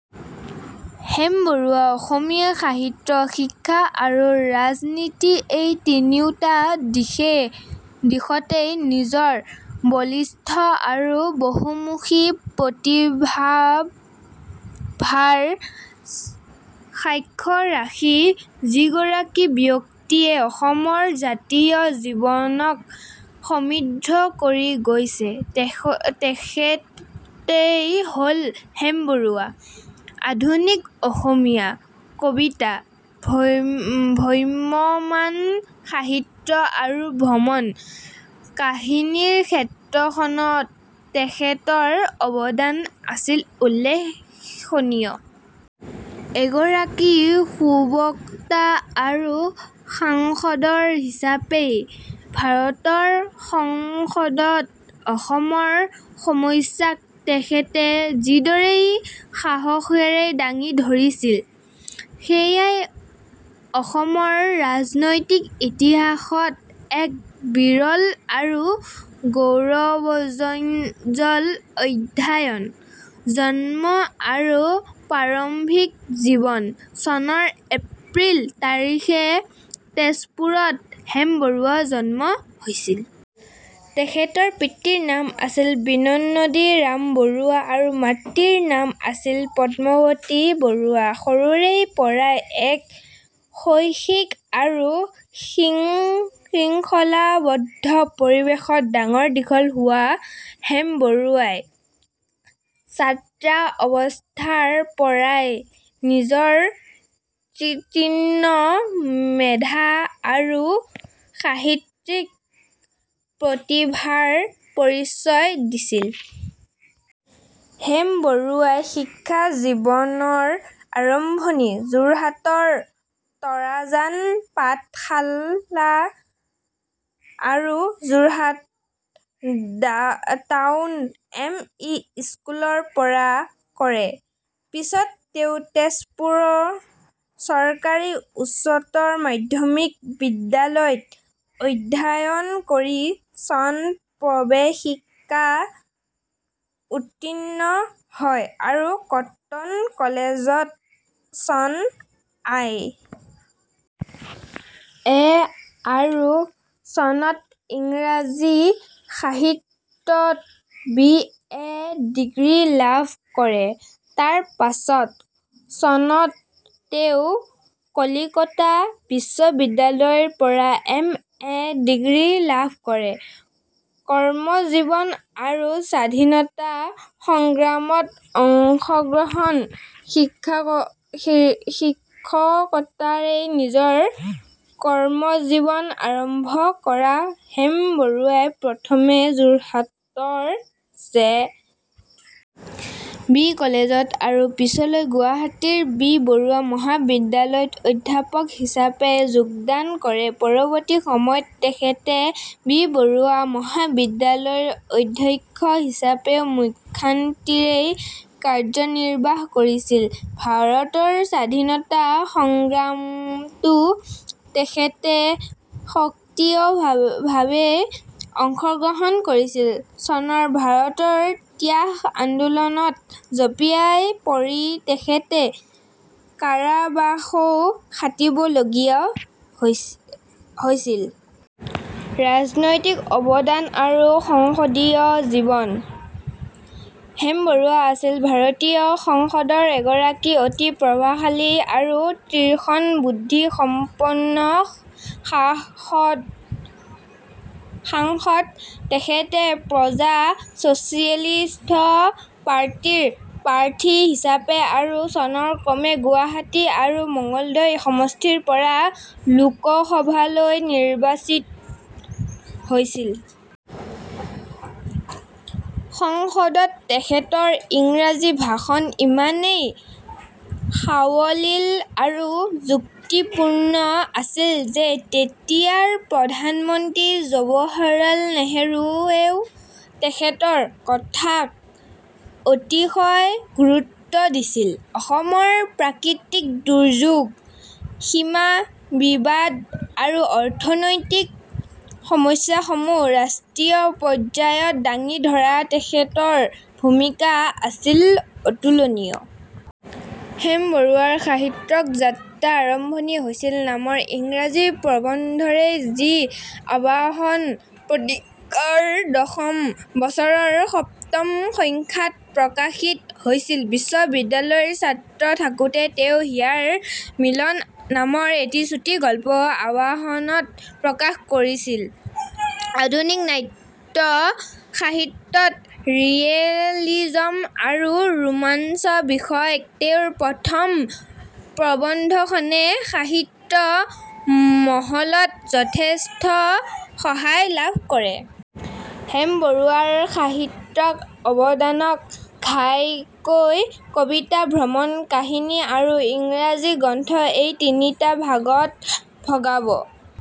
হেম বৰুৱা অসমীয়া সাহিত্য, শিক্ষা আৰু ৰাজনীতি— এই তিনিওটা দিশতে নিজৰ বলিষ্ঠ আৰু বহুমুখী প্ৰতিভাৰ স্বাক্ষৰ ৰাখি যিগৰাকী ব্যক্তিয়ে অসমৰ জাতীয় জীৱনক সমৃদ্ধ কৰি গৈছে, তেখেতেই হ'ল হেম বৰুৱা। আধুনিক অসমীয়া কবিতা, ভ্ৰাম্যমাণ সাহিত্য আৰু ভ্ৰমণ কাহিনীৰ ক্ষেত্ৰখনত তেখেতৰ অৱদান আছিল উল্লেখনীয়। এগৰাকী সুবক্তা আৰু সাংসদ হিচাপে ভাৰতৰ সংসদত অসমৰ সমস্যাক তেখেতে যিদৰে সাহসেৰে দাঙি ধৰিছিল, সেয়া অসমৰ ৰাজনৈতিক ইতিহাসত এক বিৰল আৰু গৌৰৱোজ্জ্বল অধ্যায়। জন্ম আৰু প্ৰাৰম্ভিক জীৱন: চনৰ এপ্ৰিল তাৰিখে তেজপুৰত হেম বৰুৱাৰ জন্ম হৈছিল। তেখেতৰ পিতৃৰ নাম আছিল বিনন্দী ৰাম বৰুৱা আৰু মাতৃৰ নাম আছিল পদ্মাৱতী বৰুৱা। সৰুৰে পৰাই এক শৈক্ষিক আৰু শৃংখলাবদ্ধ পৰিৱেশত ডাঙৰ-দীঘল হোৱা হেম বৰুৱাই ছাত্ৰাৱস্থাৰ পৰাই নিজৰ তীক্ষ্ণ মেধা আৰু সাহিত্যিক প্ৰতিভাৰ পৰিচয় দিছিল। হেম বৰুৱাই শিক্ষা জীৱনৰ আৰম্ভণি যোৰহাটৰ তৰাজান পাঠশালা আৰু যোৰহাট টাউন এম. ই. স্কুলৰ পৰা কৰে। পিছত তেওঁ তেজপুৰ চৰকাৰী উচ্চতৰ মাধ্যমিক বিদ্যালয়ত অধ্যয়ন কৰি চনত প্ৰৱেশিকা উত্তীৰ্ণ হয়। কটন কলেজত চনত আই. এ. আৰু চনত ইংৰাজী সাহিত্যত বি. এ. ডিগ্ৰী লাভ কৰে। তাৰ পাছত চনত তেওঁ কলিকতা বিশ্ববিদ্যালয়ৰ পৰা এম. এ. ডিগ্ৰী লাভ কৰে। কৰ্মজীৱন আৰু স্বাধীনতা সংগ্ৰামত অংশগ্ৰহণ: শিক্ষকতাৰে নিজৰ কৰ্মজীৱন আৰম্ভ কৰা হেম বৰুৱাই প্ৰথমে যোৰহাটৰ জে. বি. কলেজত আৰু পিছলৈ গুৱাহাটীৰ বি. বৰুৱা মহাবিদ্যালয়ত অধ্যাপক হিচাপে যোগদান কৰে। পৰৱৰ্তী সময়ত তেখেতে বি. বৰুৱা মহাবিদ্যালয়ৰ অধ্যক্ষ হিচাপেও সুখ্যাতিৰে কাৰ্যনিৰ্বাহ কৰিছিল। ভাৰতৰ স্বাধীনতা সংগ্ৰামতো তেখেতে সক্ৰিয়ভাৱে অংশগ্ৰহণ কৰিছিল। চনৰ 'ভাৰত ত্যাগ আন্দোলন'ত জঁপিয়াই পৰি তেখেতে কাৰাবাসো খাটিবলগীয়া হৈছিল। ৰাজনৈতিক অৱদান আৰু সংসদীয় জীৱন: হেম বৰুৱা আছিল ভাৰতীয় সংসদৰ এগৰাকী অতি প্ৰভাৱশালী আৰু তীক্ষ্ণ বুদ্ধিসম্পন্ন সাংসদ। তেখেতে 'প্ৰজা ছ'চিয়েলিষ্ট পাৰ্টী'ৰ প্ৰাৰ্থী হিচাপে, আৰু চনত ক্ৰমে গুৱাহাটী আৰু মঙলদৈ সমষ্টিৰ পৰা লোকসভালৈ নিৰ্বাচিত হৈছিল। সংসদত তেখেতৰ ইংৰাজী ভাষণ ইমানেই সাৱলীল আৰু যুক্তিপূৰ্ণ আছিল যে তেতিয়াৰ প্ৰধানমন্ত্ৰী জৱাহৰলাল নেহৰুৱেও তেখেতৰ কথাক অতিশয় গুৰুত্ব দিছিল। অসমৰ প্ৰাকৃতিক দুৰ্যোগ, সীমা বিবাদ আৰু অৰ্থনৈতিক সমস্যাসমূহ ৰাষ্ট্ৰীয় পৰ্যায়ত দাঙি ধৰাত তেখেতৰ ভূমিকা আছিল অতুলনীয়। হেম বৰুৱাৰ সাহিত্যিক যাত্ৰাৰ আৰম্ভণি হৈছিল নামৰ ইংৰাজী প্ৰবন্ধৰে, যি "আৱাহন" পত্ৰিকাৰ দশম বছৰৰ সপ্তম সংখ্যাত প্ৰকাশিত হৈছিল। বিশ্ববিদ্যালয়ৰ ছাত্ৰ থাকোতে তেওঁ হিয়াৰ মিলন নামৰ এটি চুটিগল্প আৱাহনত প্ৰকাশ কৰিছিল। আধুনিক নাট্য সাহিত্যত ৰিয়েলিজম আৰু ৰোমান্স বিষয়ক তেওঁৰ প্ৰথম প্ৰবন্ধখনে সাহিত্য মহলত যথেষ্ট সঁহাৰি লাভ কৰে। হেম বৰুৱাৰ সাহিত্যিক অৱদানক ঘাইকৈ কবিতা, ভ্ৰমণ কাহিনী আৰু ইংৰাজী গ্ৰন্থ— এই তিনিটা ভাগত ভগাব